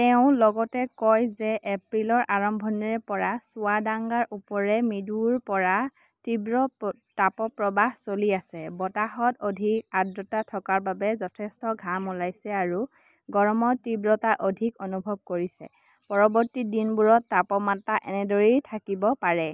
তেওঁ লগতে কয় যে এপ্ৰিলৰ আৰম্ভণিৰে পৰা চুৱাদাংগাৰ ওপৰেৰে মৃদুৰ পৰা তীব্ৰ তাপপ্ৰবাহ চলি আছে। বতাহত অধিক আৰ্দ্ৰতা থকাৰ বাবে যথেষ্ট ঘাম ওলাইছে আৰু গৰমৰ তীব্ৰতা অধিক অনুভৱ কৰিছে। পৰৱৰ্তী দিনবোৰত তাপমাত্ৰা এনেদৰেই থাকিব পাৰে।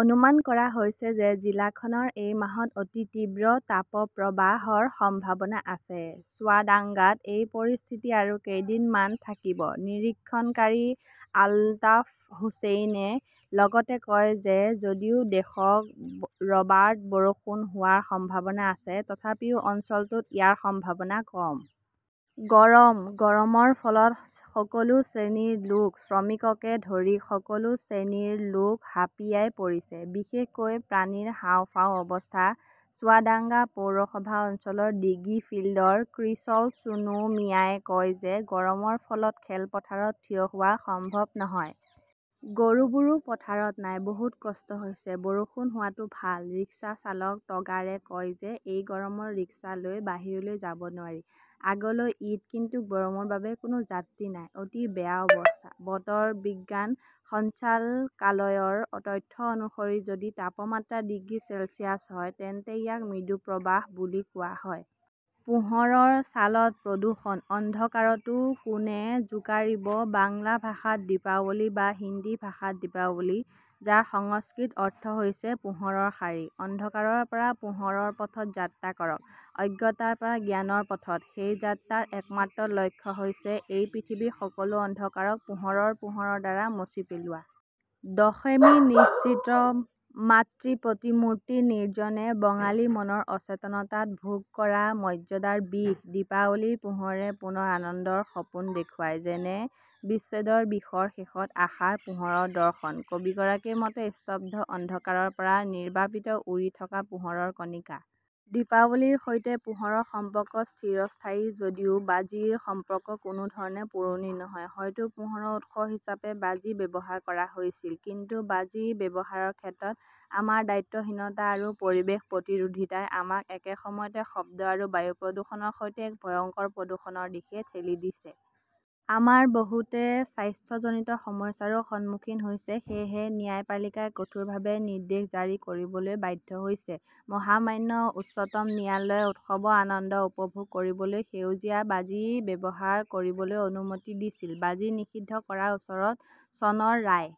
অনুমান কৰা হৈছে যে জিলাখনৰ এই মাহত অতি তীব্ৰ তাপপ্ৰবাহৰ সম্ভাৱনা আছে। চুৱাদাঙ্গাত এই পৰিস্থিতি আৰু কেইদিনমান থাকিব। নিৰীক্ষণকাৰী আলতাফ হুচেইনে লগতে কয় যে যদিও দেশত ক "ৰবাত বৰষুণ হোৱাৰ সম্ভাৱনা আছে, তথাপিও অঞ্চলটোত ইয়াৰ সম্ভাৱনা কম। গৰম গৰমৰ ফলত সকলো শ্ৰেণীৰ লোক, শ্ৰমিককে ধৰি সকলো শ্ৰেণীৰ লোক হাঁপিয়াই পৰিছে। বিশেষকৈ প্ৰাণীৰ হাঁওফাঁওৰ অৱস্থা। চুৱাদাঙ্গা পৌৰসভা অঞ্চলৰ ডিগ্ৰী ফিল্ডৰ ক্ৰিচল চুনু মিয়াৱে কয় যে গৰমৰ ফলত খেলপথাৰত থিয় হোৱাটো সম্ভৱ নহয়। গৰুবোৰো পথাৰত নাই। বহুত কষ্ট হৈছে। বৰষুণ হোৱাটো ভাল। ৰিক্সা চালক টগাৰে কয় যে এই গৰমত ৰিক্সা লৈ বাহিৰলৈ যাব নোৱাৰি। আগলৈ ঈদ কিন্তু গৰমৰ বাবে কোনো যাত্ৰী নাই। অতি বেয়া অৱস্থা। বতৰ বিজ্ঞান সঞ্চালকালয়ৰ তথ্য অনুসৰি, যদি তাপমাত্ৰা ডিগ্ৰী চেলছিয়াছ হয় তেন্তে ইয়াক মৃদু তাপপ্ৰবাহ বুলি কোৱা হয়। পোহৰৰ ছালত প্ৰদূষণ, অন্ধকাৰটো কোনে জোকাৰিব বাংলা ভাষাত "দীপাৱলী" বা হিন্দীত "দীপাৱলী", যাৰ সংস্কৃত অৰ্থ হৈছে "পোহৰৰ শাৰী"। অন্ধকাৰৰ পৰা পোহৰৰ পথত যাত্ৰা কৰক। অজ্ঞতাৰ পৰা জ্ঞানৰ পথত। সেই যাত্ৰাৰ একমাত্ৰ লক্ষ্য হৈছে এই পৃথিৱীৰ সকলো অন্ধকাৰক পোহৰৰ পোহৰৰ দ্বাৰা মচি পেলোৱা। দশেমী নিশিত মাতৃ প্ৰতিমূৰ্তি নিৰ্জনে বঙালী মনৰ অচেতনতাত ভোগ কৰা মৰ্য্যাদাৰ বিষ, দীপাৱলীৰ পোহৰে পুনৰ আনন্দৰ সপোন দেখুৱায়। যেনে বিচ্ছেদৰ বিষৰ শেষত আশাৰ পোহৰৰ দৰ্শন। কবিগৰাকীৰ মতে, 'স্তব্ধ অন্ধকাৰৰ পৰা নিৰ্বাপিত/উৰি থকা পোহৰৰ কণিকা "। দীপাৱলীৰ সৈতে পোহৰৰ সম্পৰ্ক চিৰস্থায়ী যদিও বাজিৰ সম্পৰ্ক কোনো ধৰণে পুৰণি নহয়। হয়তো পোহৰৰ উৎস হিচাপে বাজি ব্যৱহাৰ কৰা হৈছিল। কিন্তু বাজি ব্যৱহাৰৰ ক্ষেত্ৰত আমাৰ দায়িত্বহীনতা আৰু পৰিৱেশ-প্ৰতিৰোধীতাই আমাক একে সময়তে শব্দ আৰু বায়ু প্ৰদূষণৰ সৈতে এক ভয়ংকৰ প্ৰদূষণৰ দিশে ঠেলি দিছে। আমাৰ বহুতে স্বাস্থ্যজনিত সমস্যাৰো সন্মুখীন হৈছে। সেয়েহে ন্যায়পালিকাই কঠোৰভাৱে নিৰ্দেশ জাৰি কৰিবলৈ বাধ্য হৈছে। মহামান্য উচ্চতম ন্যায়ালয়ে উৎসৱৰ আনন্দ উপভোগ কৰিবলৈ কেৱল সেউজীয়া বাজি ব্যৱহাৰ কৰিবলৈ অনুমতি দিছিল, বাজি নিষিদ্ধ কৰাৰ ওপৰত চনৰ ৰায়